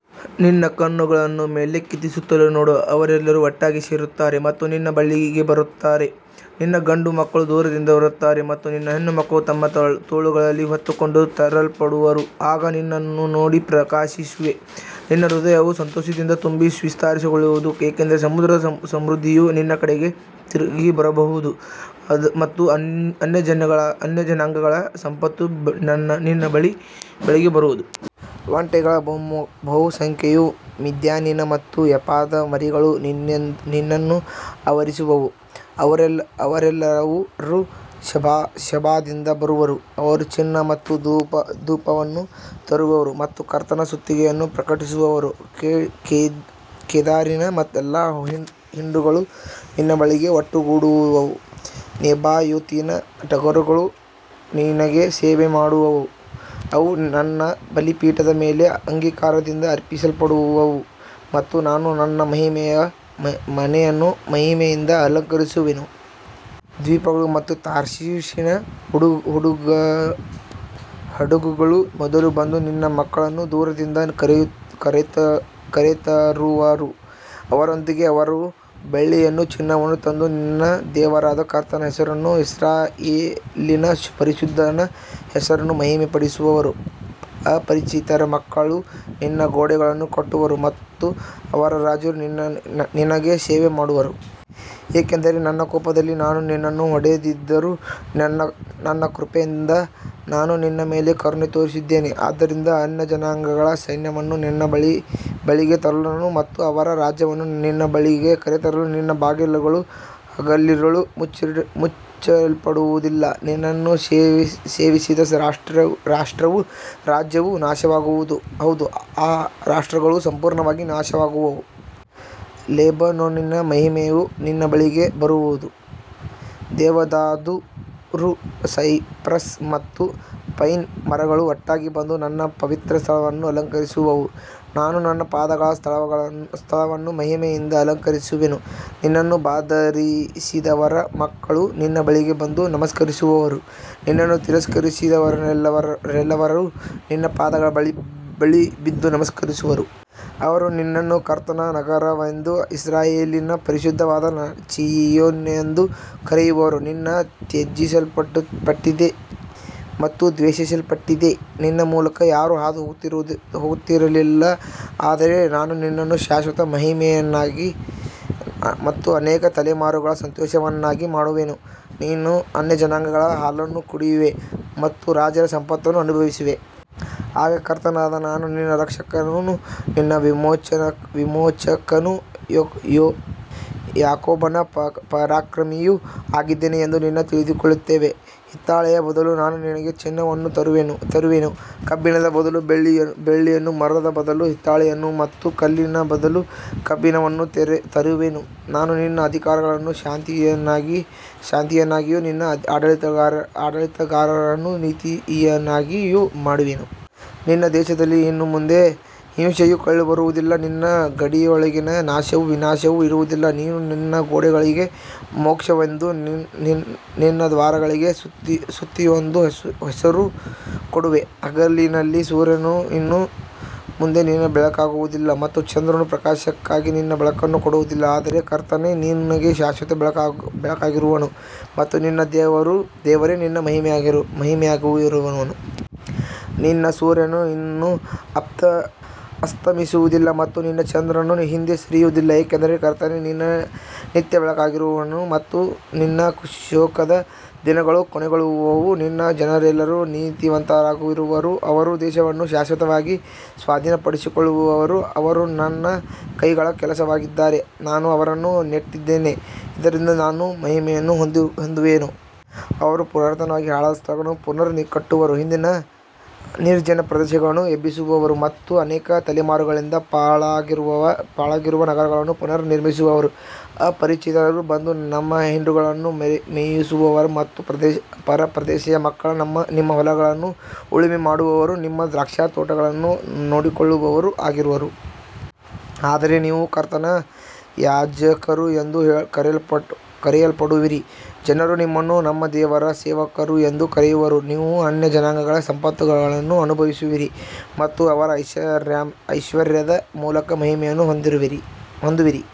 ನಿನ್ನ ಕಣ್ಣುಗಳನ್ನು ಮೇಲಕ್ಕೆತ್ತಿ ಸುತ್ತಲೂ ನೋಡು; ಅವರೆಲ್ಲರೂ ಒಟ್ಟಾಗಿ ಸೇರುತ್ತಾರೆ ಮತ್ತು ನಿನ್ನ ಬಳಿಗೆ ಬರುತ್ತಾರೆ. ನಿನ್ನ ಗಂಡುಮಕ್ಕಳು ದೂರದಿಂದ ಬರುತ್ತಾರೆ ಮತ್ತು ನಿನ್ನ ಹೆಣ್ಣುಮಕ್ಕಳು ತಮ್ಮ ತೋಳುಗಳಲ್ಲಿ ಹೊತ್ತುಕೊಂಡು ತರಲ್ಪಡುವರು. ಆಗ ನೀನು ನೋಡಿ ಪ್ರಕಾಶಿಸುವೆ; ನಿನ್ನ ಹೃದಯವು ಸಂತೋಷದಿಂದ ತುಂಬಿ ವಿಸ್ತಾರಗೊಳ್ಳುವುದು. ಏಕೆಂದರೆ ಸಮುದ್ರದ ಸಮೃದ್ಧಿಯು ನಿನ್ನ ಕಡೆಗೆ ತಿರುಗಿಬರುವುದು ಮತ್ತು ಅನ್ಯಜನಾಂಗಗಳ ಸಂಪತ್ತು ನಿನ್ನ ಬಳಿಗೆ ಬರುವುದು. ಒಂಟೆಗಳ ಬಹುಸಂಖ್ಯೆಯೂ ಮಿದ್ಯಾನಿನ ಮತ್ತು ಎಫಾದ ಮರಿಗಳೂ ನಿನ್ನನ್ನು ಆವರಿಸುವವು. ಅವರೆಲ್ಲರೂ ಶೆಬಾದಿಂದ ಬರುವರು; ಅವರು ಚಿನ್ನ ಮತ್ತು ಧೂಪವನ್ನು ತರುವರು ಮತ್ತು ಕರ್ತನ ಸ್ತುತಿಯನ್ನು ಪ್ರಕಟಿಸುವರು. ಕೇದಾರಿನ ಎಲ್ಲಾ ಹಿಂಡುಗಳು ನಿನ್ನ ಬಳಿಗೆ ಒಟ್ಟುಗೂಡುವವು; ನೆಬಾಯೋತಿನ ಟಗರುಗಳು ನಿನಗೆ ಸೇವೆ ಮಾಡುವವು. ಅವು ನನ್ನ ಬಲಿಪೀಠದ ಮೇಲೆ ಅಂಗೀಕಾರದಿಂದ ಅರ್ಪಿಸಲ್ಪಡುವವು ಮತ್ತು ನಾನು ನನ್ನ ಮಹಿಮೆಯ ಮನೆಯನ್ನು ಮಹಿಮೆಯಿಂದ ಅಲಂಕರಿಸುವೆನು. ದ್ವೀಪಗಳು ಮತ್ತು ತಾರ್ಷೀಷಿನ ಹಡಗುಗಳು ಮೊದಲು ಬಂದು ನಿನ್ನ ಮಕ್ಕಳನ್ನು ದೂರದಿಂದ ಕರೆತರುವವು. ಅವರೊಂದಿಗೆ ಅವರ ಬೆಳ್ಳಿಯನ್ನೂ ಚಿನ್ನವನ್ನೂ ತಂದು ನಿನ್ನ ದೇವರಾದ ಕರ್ತನ ಹೆಸರನ್ನೂ ಇಸ್ರಾಯೇಲಿನ ಪರಿಶುದ್ಧನ ಹೆಸರನ್ನೂ ಮಹಿಮೆಪಡಿಸುವರು. ಅಪರಿಚಿತರ ಮಕ್ಕಳು ನಿನ್ನ ಗೋಡೆಗಳನ್ನು ಕಟ್ಟುವರು ಮತ್ತು ಅವರ ರಾಜರು ನಿನಗೆ ಸೇವೆ ಮಾಡುವರು. ಏಕೆಂದರೆ ನನ್ನ ಕೋಪದಲ್ಲಿ ನಾನು ನಿನ್ನನ್ನು ಹೊಡೆದಿದ್ದರೂ, ನನ್ನ ಕೃಪೆಯಲ್ಲಿ ನಾನು ನಿನ್ನ ಮೇಲೆ ಕರುಣೆ ತೋರಿಸಿದ್ದೇನೆ. ಆದ್ದರಿಂದ ಅನ್ಯಜನಾಂಗಗಳ ಸೈನ್ಯವನ್ನು ನಿನ್ನ ಬಳಿಗೆ ತರಲು ಮತ್ತು ಅವರ ರಾಜರನ್ನು ನಿನ್ನ ಬಳಿಗೆ ಕರೆತರಲು ನಿನ್ನ ಬಾಗಿಲುಗಳು ಹಗಲಿರುಳು ಮುಚ್ಚಲ್ಪಡುವುದಿಲ್ಲ. ನಿನ್ನನ್ನು ಸೇವಿಸದ ರಾಷ್ಟ್ರವೂ ರಾಜ್ಯವೂ ನಾಶವಾಗುವುದು; ಹೌದು, ಆ ರಾಷ್ಟ್ರಗಳು ಸಂಪೂರ್ಣವಾಗಿ ನಾಶವಾಗುವವು. ಲೆಬನೋನಿನ ಮಹಿಮೆಯು ನಿನ್ನ ಬಳಿಗೆ ಬರುವುದು; ದೇವದಾರು, ಸೈಪ್ರಸ್ ಮತ್ತು ಪೈನ್ ಮರಗಳು ಒಟ್ಟಾಗಿ ಬಂದು ನನ್ನ ಪವಿತ್ರ ಸ್ಥಳವನ್ನು ಅಲಂಕರಿಸುವವು. ನಾನು ನನ್ನ ಪಾದಗಳ ಸ್ಥಳವನ್ನು ಮಹಿಮೆಯಿಂದ ಅಲಂಕರಿಸುವೆನು. ನಿನ್ನನ್ನು ಬಾಧಿಸಿದವರ ಮಕ್ಕಳು ನಿನ್ನ ಬಳಿಗೆ ಬಂದು ನಮಸ್ಕರಿಸುವರು; ನಿನ್ನನ್ನು ತಿರಸ್ಕರಿಸಿದವರೆಲ್ಲರೂ ನಿನ್ನ ಪಾದಗಳ ಬಳಿ ಬಿದ್ದು ನಮಸ್ಕರಿಸುವರು. ಅವರು ನಿನ್ನನ್ನು ಕರ್ತನ ನಗರವೆಂದೂ ಇಸ್ರಾಯೇಲಿನ ಪರಿಶುದ್ಧನಾದ ಚೀಯೋನೆಂದೂ ಕರೆಯುವರು. ನೀನು ತ್ಯಜಿಸಲ್ಪಟ್ಟಿದ್ದೆ ಮತ್ತು ದ್ವೇಷಿಸಲ್ಪಟ್ಟಿದ್ದೆ; ನಿನ್ನ ಮೂಲಕ ಯಾರೂ ಹಾದುಹೋಗುತ್ತಿರಲಿಲ್ಲ. ಆದರೆ ನಾನು ನಿನ್ನನ್ನು ಶಾಶ್ವತ ಮಹಿಮೆಯನ್ನಾಗಿ ಮತ್ತು ಅನೇಕ ತಲೆಮಾರುಗಳ ಸಂತೋಷವನ್ನಾಗಿ ಮಾಡುವೆನು. ನೀನು ಅನ್ಯಜನಾಂಗಗಳ ಹಾಲನ್ನು ಕುಡಿಯುವೆ ಮತ್ತು ರಾಜರ ಸಂಪತ್ತನ್ನು ಅನುಭವಿಸುವೆ. ಆಗ ಕರ್ತನಾದ ನಾನು ನಿನ್ನ ರಕ್ಷಕನೂ ನಿನ್ನ ವಿಮೋಚಕನೂ ಯಾಕೋಬನ ಪರಾಕ್ರಮಿಯೂ ಆಗಿದ್ದೇನೆ ಎಂದು ನೀನು ತಿಳಿದುಕೊಳ್ಳುವೆ. ಹಿತ್ತಾಳೆಯ ಬದಲು ನಾನು ನಿನಗೆ ಚಿನ್ನವನ್ನು ತರುವೆನು; ಕಬ್ಬಿಣದ ಬದಲು ಬೆಳ್ಳಿಯನ್ನು, ಮರದ ಬದಲು ಹಿತ್ತಾಳೆಯನ್ನು ಮತ್ತು ಕಲ್ಲಿನ ಬದಲು ಕಬ್ಬಿಣವನ್ನು ತರುವೆನು. ನಾನು ನಿನ್ನ ಅಧಿಕಾರಿಗಳನ್ನು ಶಾಂತಿಯನ್ನಾಗಿಯೂ ನಿನ್ನ ಆಡಳಿತಗಾರರನ್ನು ನೀತಿಯನ್ನಾಗಿಯೂ ಮಾಡುವೆನು. ನಿನ್ನ ದೇಶದಲ್ಲಿ ಇನ್ನು ಮುಂದೆ ಹಿಂಸೆಯು ಕೇಳಿಬರುವುದಿಲ್ಲ; ನಿನ್ನ ಗಡಿಗಳೊಳಗೆ ನಾಶವೂ ವಿನಾಶವೂ ಇರುವುದಿಲ್ಲ. ನೀನು ನಿನ್ನ ಗೋಡೆಗಳಿಗೆ ಮೋಕ್ಷವೆಂದೂ ನಿನ್ನ ದ್ವಾರಗಳಿಗೆ ಸ್ತುತಿಯೆಂದೂ ಹೆಸರು ಕೊಡುವೆ. ಹಗಲಿನಲ್ಲಿ ಸೂರ್ಯನು ಇನ್ನು ಮುಂದೆ ನಿನಗೆ ಬೆಳಕಾಗಿರುವುದಿಲ್ಲ ಮತ್ತು ಚಂದ್ರನು ಪ್ರಕಾಶಕ್ಕಾಗಿ ನಿನಗೆ ಬೆಳಕನ್ನು ಕೊಡುವುದಿಲ್ಲ. ಆದರೆ ಕರ್ತನೇ ನಿನಗೆ ಶಾಶ್ವತ ಬೆಳಕಾಗಿರುವನು ಮತ್ತು ನಿನ್ನ ದೇವರೇ ನಿನ್ನ ಮಹಿಮೆಯಾಗಿರುವನು. ನಿನ್ನ ಸೂರ್ಯನು ಇನ್ನು ಅಸ್ತಮಿಸುವುದಿಲ್ಲ ಮತ್ತು ನಿನ್ನ ಚಂದ್ರನು ಹಿಂದೆ ಸರಿಯುವುದಿಲ್ಲ; ಏಕೆಂದರೆ ಕರ್ತನೇ ನಿನ್ನ ನಿತ್ಯ ಬೆಳಕಾಗಿರುವನು ಮತ್ತು ನಿನ್ನ ಶೋಕದ ದಿನಗಳು ಕೊನೆಗೊಳ್ಳುವವು. ನಿನ್ನ ಜನರೆಲ್ಲರೂ ನೀತಿವಂತರಾಗಿರುವರು; ಅವರು ದೇಶವನ್ನು ಶಾಶ್ವತವಾಗಿ ಸ್ವಾಧೀನಪಡಿಸಿಕೊಳ್ಳುವರು. ಅವರು ನನ್ನ ಕೈಗಳ ಕೆಲಸವಾಗಿದ್ದಾರೆ; ನಾನು ಅವರನ್ನು ನೆಟ್ಟಿದ್ದೇನೆ, ಇದರಿಂದ ನಾನು ಮಹಿಮೆಯನ್ನು ಹೊಂದುವೆನು. ಅವರು ಪುರಾತನವಾಗಿ ಹಾಳಾದ ಸ್ಥಳಗಳನ್ನು ಪುನಃ ಕಟ್ಟುವರು; ಹಿಂದಿನ ನಿರ್ಜನ ಪ್ರದೇಶಗಳನ್ನು ಎಬ್ಬಿಸುವರು ಮತ್ತು ಅನೇಕ ತಲೆಮಾರುಗಳಿಂದ ಪಾಳಾಗಿರುವ ನಗರಗಳನ್ನು ಪುನಃ ನಿರ್ಮಿಸುವರು. ಅಪರಿಚಿತರು ಬಂದು ನಿಮ್ಮ ಹಿಂಡುಗಳನ್ನು ಮೇಯಿಸುವರು ಮತ್ತು ಪರದೇಶಿಯ ಮಕ್ಕಳು ನಿಮ್ಮ ಹೊಲಗಳನ್ನು ಉಳುಮೆ ಮಾಡುವವರೂ ನಿಮ್ಮ ದ್ರಾಕ್ಷಿತೋಟಗಳನ್ನು ನೋಡಿಕೊಳ್ಳುವವರೂ ಆಗಿರುವರು. ಆದರೆ ನೀವು ಕರ್ತನ ಯಾಜಕರು ಎಂದು ಕರೆಯಲ್ಪಡುವಿರಿ; ಜನರು ನಿಮ್ಮನ್ನು ನಮ್ಮ ದೇವರ ಸೇವಕರು ಎಂದು ಕರೆಯುವರು. ನೀವು ಅನ್ಯಜನಾಂಗಗಳ ಸಂಪತ್ತನ್ನು ಅನುಭವಿಸುವಿರಿ ಮತ್ತು ಅವರ ಐಶ್ವರ್ಯದ ಮೂಲಕ ಮಹಿಮೆಯನ್ನು ಹೊಂದುವಿರಿ.